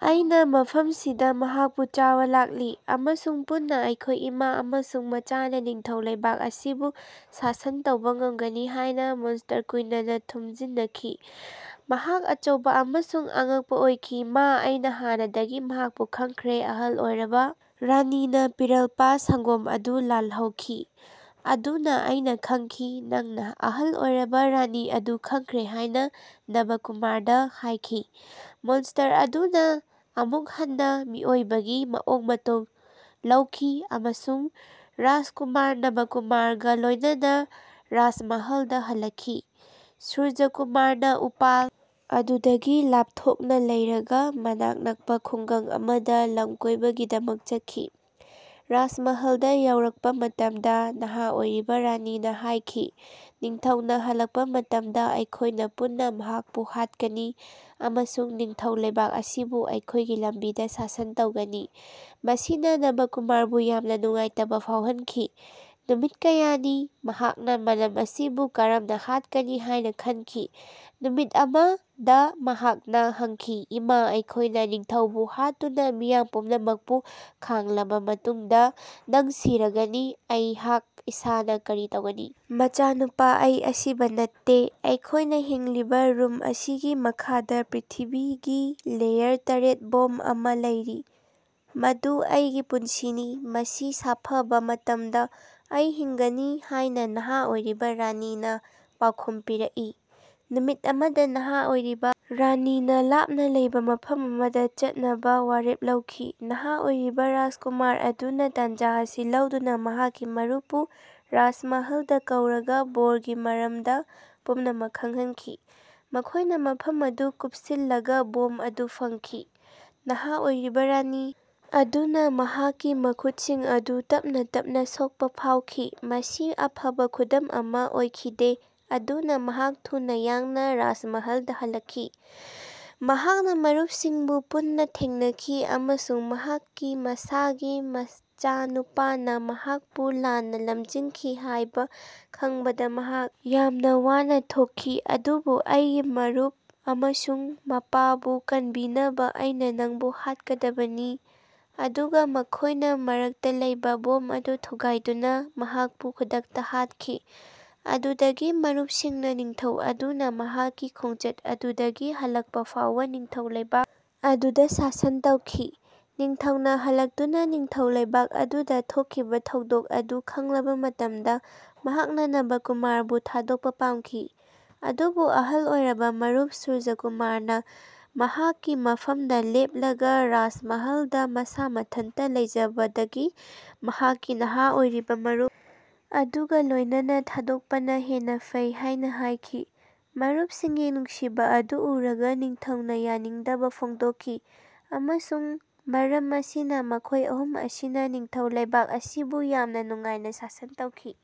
ꯑꯩꯅꯥ ꯃꯐꯝꯁꯤꯗꯥ ꯃꯍꯥꯛꯄꯨ ꯆꯥꯕꯥ ꯂꯥꯛꯂꯤ꯫ ꯑꯃꯁꯨꯡ ꯄꯨꯟꯅꯥ ꯑꯩꯈꯣꯏ ꯏꯃꯥ ꯑꯃꯁꯨꯡ ꯃꯆꯥꯅꯥ ꯅꯤꯡꯊꯧ ꯂꯩꯕꯥꯛ ꯑꯁꯤꯕꯨ ꯁꯥꯁꯟ ꯇꯧꯕꯥ ꯉꯝꯒꯅꯤ ꯍꯥꯏꯅꯥ ꯃꯅꯁ꯭ꯇꯔ ꯀꯨꯏꯅꯅꯥ ꯊꯨꯝꯖꯤꯅꯈꯤ꯫ ꯃꯍꯥꯛ ꯑꯆꯧꯕꯥ ꯑꯃꯁꯨꯡ ꯑꯉꯛꯄꯥ ꯑꯣꯏꯈꯤ꯫ ꯃꯥ ꯑꯩꯅꯥ ꯍꯥꯟꯅꯗꯒꯤ ꯃꯍꯥꯛꯄꯨ ꯈꯪꯈ꯭ꯔꯦ꯫ ꯑꯍꯜ ꯑꯣꯏꯔꯕꯥ ꯔꯥꯅꯤꯅꯥ ꯄꯤꯔꯜꯄꯥ ꯁꯪꯒꯣꯝ ꯑꯗꯨ ꯂꯥꯜꯍꯧꯈꯤ꯫ ꯑꯗꯨꯅꯥ ꯑꯩꯅꯥ ꯈꯪꯈꯤ ꯅꯪꯅꯥ ꯑꯍꯜ ꯑꯣꯏꯔꯕꯥ ꯔꯥꯅꯤ ꯑꯗꯨ ꯈꯪꯈ꯭ꯔꯦ ꯍꯥꯏꯅꯥ ꯅꯕꯀꯨꯃꯥꯔꯗꯥ ꯍꯥꯌꯈꯤ꯫ ꯃꯅꯁ꯭ꯇꯔ ꯑꯗꯨꯅꯥ ꯑꯃꯨꯛ ꯍꯟꯅꯥ ꯃꯤꯑꯣꯏꯕꯒꯤ ꯃꯑꯣꯡ ꯃꯇꯧ ꯂꯧꯈꯤ ꯑꯃꯁꯨꯡ ꯔꯥꯖꯀꯨꯃꯥꯔ ꯅꯕꯀꯨꯃꯥꯔꯒꯥ ꯂꯣꯏꯅꯅꯥ ꯔꯥꯖꯃꯍꯜꯗꯥ ꯍꯜꯂꯛꯈꯤ꯫ ꯁꯨꯔꯖꯥꯀꯨꯃꯥꯔꯅꯥ ꯎꯄꯥꯜ ꯑꯗꯨꯗꯒꯤ ꯂꯥꯞꯊꯣꯛꯅꯥ ꯂꯩꯔꯒꯥ ꯃꯅꯥꯛ ꯅꯛꯄꯥ ꯈꯨꯡꯒꯪ ꯑꯃꯗꯥ ꯂꯃꯀꯣꯏꯕꯒꯤꯗꯃꯛ ꯆꯠꯈꯤ꯫ ꯔꯥꯖꯃꯍꯜꯗꯥ ꯌꯧꯔꯛꯄꯥ ꯃꯇꯝꯗꯥ ꯅꯍꯥ ꯑꯣꯏꯔꯤꯕꯥ ꯔꯥꯅꯤꯅꯥ ꯍꯥꯏꯈꯤ ꯅꯤꯡꯊꯧꯅꯥ ꯍꯜꯂꯛꯄꯥ ꯃꯇꯝꯗꯥ ꯑꯩꯈꯣꯏꯅꯥ ꯄꯨꯟꯅꯥ ꯃꯍꯥꯛꯄꯨ ꯍꯥꯠꯀꯅꯤ ꯑꯃꯁꯨꯡ ꯅꯤꯡꯊꯧ ꯂꯩꯕꯥꯛ ꯑꯁꯤꯕꯨ ꯑꯩꯈꯣꯏꯒꯤ ꯂꯝꯕꯤꯗꯥ ꯁꯥꯁꯟ ꯇꯧꯒꯅꯤ꯫ ꯃꯁꯤꯅꯥ ꯅꯕꯀꯨꯃꯥꯔꯕꯨ ꯌꯥꯝꯅꯥ ꯅꯨꯡꯉꯥꯏꯇꯕꯥ ꯐꯥꯎꯍꯟꯈꯤ꯫ ꯅꯨꯃꯤꯠ ꯀꯌꯥꯅꯤ ꯃꯍꯥꯛꯅꯥ ꯃꯅꯝ ꯑꯁꯤꯕꯨ ꯀꯔꯝꯅꯥ ꯍꯥꯠꯀꯅꯤ ꯍꯥꯏꯅꯥ ꯈꯟꯈꯤ꯫ ꯅꯨꯃꯤꯠ ꯑꯃꯗꯥ ꯃꯍꯥꯛꯅꯥ ꯍꯪꯈꯤ ꯏꯃꯥ ꯑꯩꯈꯣꯏꯅꯥ ꯅꯤꯡꯊꯧꯕꯨ ꯍꯥꯠꯇꯨꯅꯥ ꯃꯤꯌꯥꯝ ꯄꯨꯝꯅꯃꯛꯄꯨ ꯈꯥꯉꯂꯕꯥ ꯃꯇꯨꯡꯗꯥ ꯅꯪ ꯁꯤꯔꯒꯅꯤ꯫ ꯑꯩꯍꯥꯛ ꯏꯁꯥꯅꯥ ꯀꯔꯤ ꯇꯧꯒꯅꯤ? ꯃꯆꯥꯅꯨꯄꯥ ꯑꯩ ꯑꯁꯤꯕꯥ ꯅꯠꯇꯦ꯫ ꯑꯩꯈꯣꯏꯅꯥ ꯍꯤꯡꯂꯤꯕꯥ ꯔꯨꯝ ꯑꯁꯤꯒꯤ ꯃꯈꯥꯗꯥ ꯄ꯭ꯔ꯭ꯤꯊꯤꯕꯤꯒꯤ ꯂꯦꯌꯔ ꯇꯔꯦꯠ ꯕꯣꯝ ꯑꯃꯥ ꯂꯩꯔꯤ꯫ ꯃꯗꯨ ꯑꯩꯒꯤ ꯄꯨꯟꯁꯤꯅꯤ꯫ ꯃꯁꯤ ꯁꯥꯐꯕꯥ ꯃꯇꯝꯗꯥ ꯑꯩ ꯍꯤꯡꯒꯅꯤ ꯍꯥꯏꯅꯥ ꯅꯍꯥ ꯑꯣꯏꯔꯤꯕꯥ ꯔꯥꯅꯤꯅꯥ ꯄꯥꯎꯈꯨꯝ ꯄꯤꯔꯀꯏ꯫ ꯅꯨꯃꯤꯠ ꯑꯃꯗꯥ ꯅꯍꯥ ꯑꯣꯏꯔꯤꯕꯥ ꯔꯥꯅꯤꯅꯥ ꯂꯥꯞꯅꯥ ꯂꯩꯕꯥ ꯃꯐꯝ ꯑꯃꯗꯥ ꯆꯠꯅꯕꯥ ꯋꯥꯔꯦꯞ ꯂꯧꯈꯤ꯫ ꯅꯍꯥ ꯑꯣꯏꯔꯤꯕꯥ ꯔꯥꯖꯀꯨꯃꯥꯔ ꯑꯗꯨꯅꯥ ꯇꯥꯟꯖꯥ ꯑꯁꯤ ꯂꯧꯗꯨꯅꯥ ꯃꯍꯥꯛꯀꯤ ꯃꯔꯨꯞꯄꯨ ꯔꯥꯖꯃꯍꯂꯗꯥ ꯀꯧꯔꯒꯥ ꯕꯣꯔꯒꯤ ꯃꯔꯝꯗꯥ ꯄꯨꯝꯅꯃꯛ ꯈꯪꯍꯟꯈꯤ꯫ ꯃꯈꯣꯏꯅꯥ ꯃꯐꯝ ꯑꯗꯨ ꯀꯨꯞꯁꯤꯜꯂꯒꯥ ꯕꯣꯝ ꯑꯗꯨ ꯐꯪꯈꯤ꯫ ꯅꯍꯥ ꯑꯣꯏꯔꯤꯕꯥ ꯔꯥꯅꯤ ꯑꯗꯨꯅꯥ ꯃꯍꯥꯛꯀꯤ ꯃꯈꯨꯠꯁꯤꯡ ꯑꯗꯨ ꯇꯞꯅꯥ ꯇꯞꯅꯥ ꯁꯣꯛꯄꯥ ꯐꯥꯎꯈꯤ꯫ ꯃꯁꯤ ꯑꯐꯕꯥ ꯈꯨꯗꯝ ꯑꯃꯥ ꯑꯣꯏꯈꯤꯗꯦ꯫ ꯑꯗꯨꯅꯥ ꯃꯍꯥꯛ ꯊꯨꯅꯥ ꯌꯥꯡꯅꯥ ꯔꯥꯖꯃꯍꯂꯗꯥ ꯍꯜꯂꯛꯈꯤ꯫ ꯃꯍꯥꯛꯅꯥ ꯃꯔꯨꯞꯁꯤꯡꯕꯨ ꯄꯨꯟꯅꯥ ꯊꯦꯡꯅꯈꯤ ꯑꯃꯁꯨꯡ ꯃꯍꯥꯛꯀꯤ ꯃꯁꯥꯒꯤ ꯃꯆꯥꯅꯨꯄꯥꯅꯥ ꯃꯍꯥꯛꯄꯨ ꯂꯥꯟꯅꯥ ꯂꯝꯖꯤꯡꯈꯤ ꯍꯥꯏꯕꯥ ꯈꯪꯕꯗꯥ ꯃꯍꯥꯛ ꯌꯥꯝꯅꯥ ꯋꯥꯅꯥ ꯊꯣꯛꯈꯤ꯫ ꯑꯗꯨꯕꯨ ꯑꯩꯒꯤ ꯃꯔꯨꯞ ꯑꯃꯁꯨꯡ ꯃꯄꯥꯕꯨ ꯀꯟꯕꯤꯅꯕꯥ ꯑꯩꯅꯥ ꯅꯪꯕꯨ ꯍꯥꯠꯀꯗꯕꯅꯤ꯫ ꯑꯗꯨꯒꯥ ꯃꯈꯣꯏꯅꯥ ꯃꯔꯛꯇꯥ ꯂꯩꯕꯥ ꯕꯣꯝ ꯑꯗꯨ ꯊꯨꯒꯥꯏꯗꯨꯅꯥ ꯃꯍꯥꯛꯄꯨ ꯈꯨꯗꯛꯇꯥ ꯍꯥꯠꯈꯤ꯫ ꯑꯗꯨꯗꯒꯤ ꯃꯔꯨꯞꯁꯤꯡꯅꯥ ꯅꯤꯡꯊꯧ ꯑꯗꯨꯅꯥ ꯃꯍꯥꯛꯀꯤ ꯈꯣꯡꯆꯠ ꯑꯗꯨꯗꯒꯤ ꯍꯜꯂꯛꯄꯥ ꯐꯥꯎꯕꯥ ꯅꯤꯡꯊꯧ ꯂꯩꯕꯥꯛ ꯑꯗꯨꯗꯥ ꯁꯥꯁꯟ ꯇꯧꯈꯤ꯫ ꯅꯤꯡꯊꯧꯅꯥ ꯍꯜꯂꯛꯇꯨꯅꯥ ꯅꯤꯡꯊꯧ ꯂꯩꯕꯥꯛ ꯑꯗꯨꯗꯥ ꯊꯣꯛꯈꯤꯕꯥ ꯊꯧꯗꯣꯛ ꯑꯗꯨ ꯈꯪꯂꯕꯥ ꯃꯇꯝꯗꯥ ꯃꯍꯥꯛꯅꯥ ꯅꯕꯀꯨꯃꯥꯔꯕꯨ ꯊꯥꯗꯣꯛꯄꯥ ꯄꯥꯝꯈꯤ ꯑꯗꯨꯕꯨ ꯑꯍꯜ ꯑꯣꯏꯔꯕꯥ ꯃꯔꯨꯞ ꯁꯨꯔꯖꯥꯀꯨꯃꯥꯔꯅꯥ ꯃꯍꯥꯛꯀꯤ ꯃꯐꯝꯗꯥ ꯂꯦꯞꯂꯒꯥ ꯔꯥꯖꯃꯍꯂꯗꯥ ꯃꯁꯥ ꯃꯊꯟꯇꯥ ꯂꯩꯖꯕꯗꯒꯤ ꯃꯍꯥꯛꯀꯤ ꯅꯍꯥ ꯑꯣꯏꯔꯤꯕꯥ ꯃꯔꯨꯞ ꯑꯗꯨꯒꯥ ꯂꯣꯏꯅꯅꯥ ꯊꯥꯗꯣꯛꯄꯅꯥ ꯍꯦꯟꯅꯥ ꯐꯩ ꯍꯥꯏꯅꯥ ꯍꯥꯏꯈꯤ꯫ ꯃꯔꯨꯞꯁꯤꯡꯒꯤ ꯅꯨꯡꯁꯤꯕꯥ ꯑꯗꯨ ꯎꯔꯒꯥ ꯅꯤꯡꯊꯧꯅꯥ ꯌꯥꯅꯤꯡꯗꯕꯥ ꯐꯣꯡꯗꯣꯛꯈꯤ꯫ ꯑꯃꯁꯨꯡ ꯃꯔꯝ ꯑꯁꯤꯅꯥ ꯃꯈꯣꯏ ꯑꯍꯨꯝ ꯑꯁꯤꯅꯥ ꯅꯤꯡꯊꯧ ꯂꯩꯕꯥꯛ ꯑꯁꯤꯕꯨ ꯌꯥꯝꯅꯥ ꯅꯨꯡꯉꯥꯏꯅꯥ ꯁꯥꯁꯟ ꯇꯧꯈꯤ꯫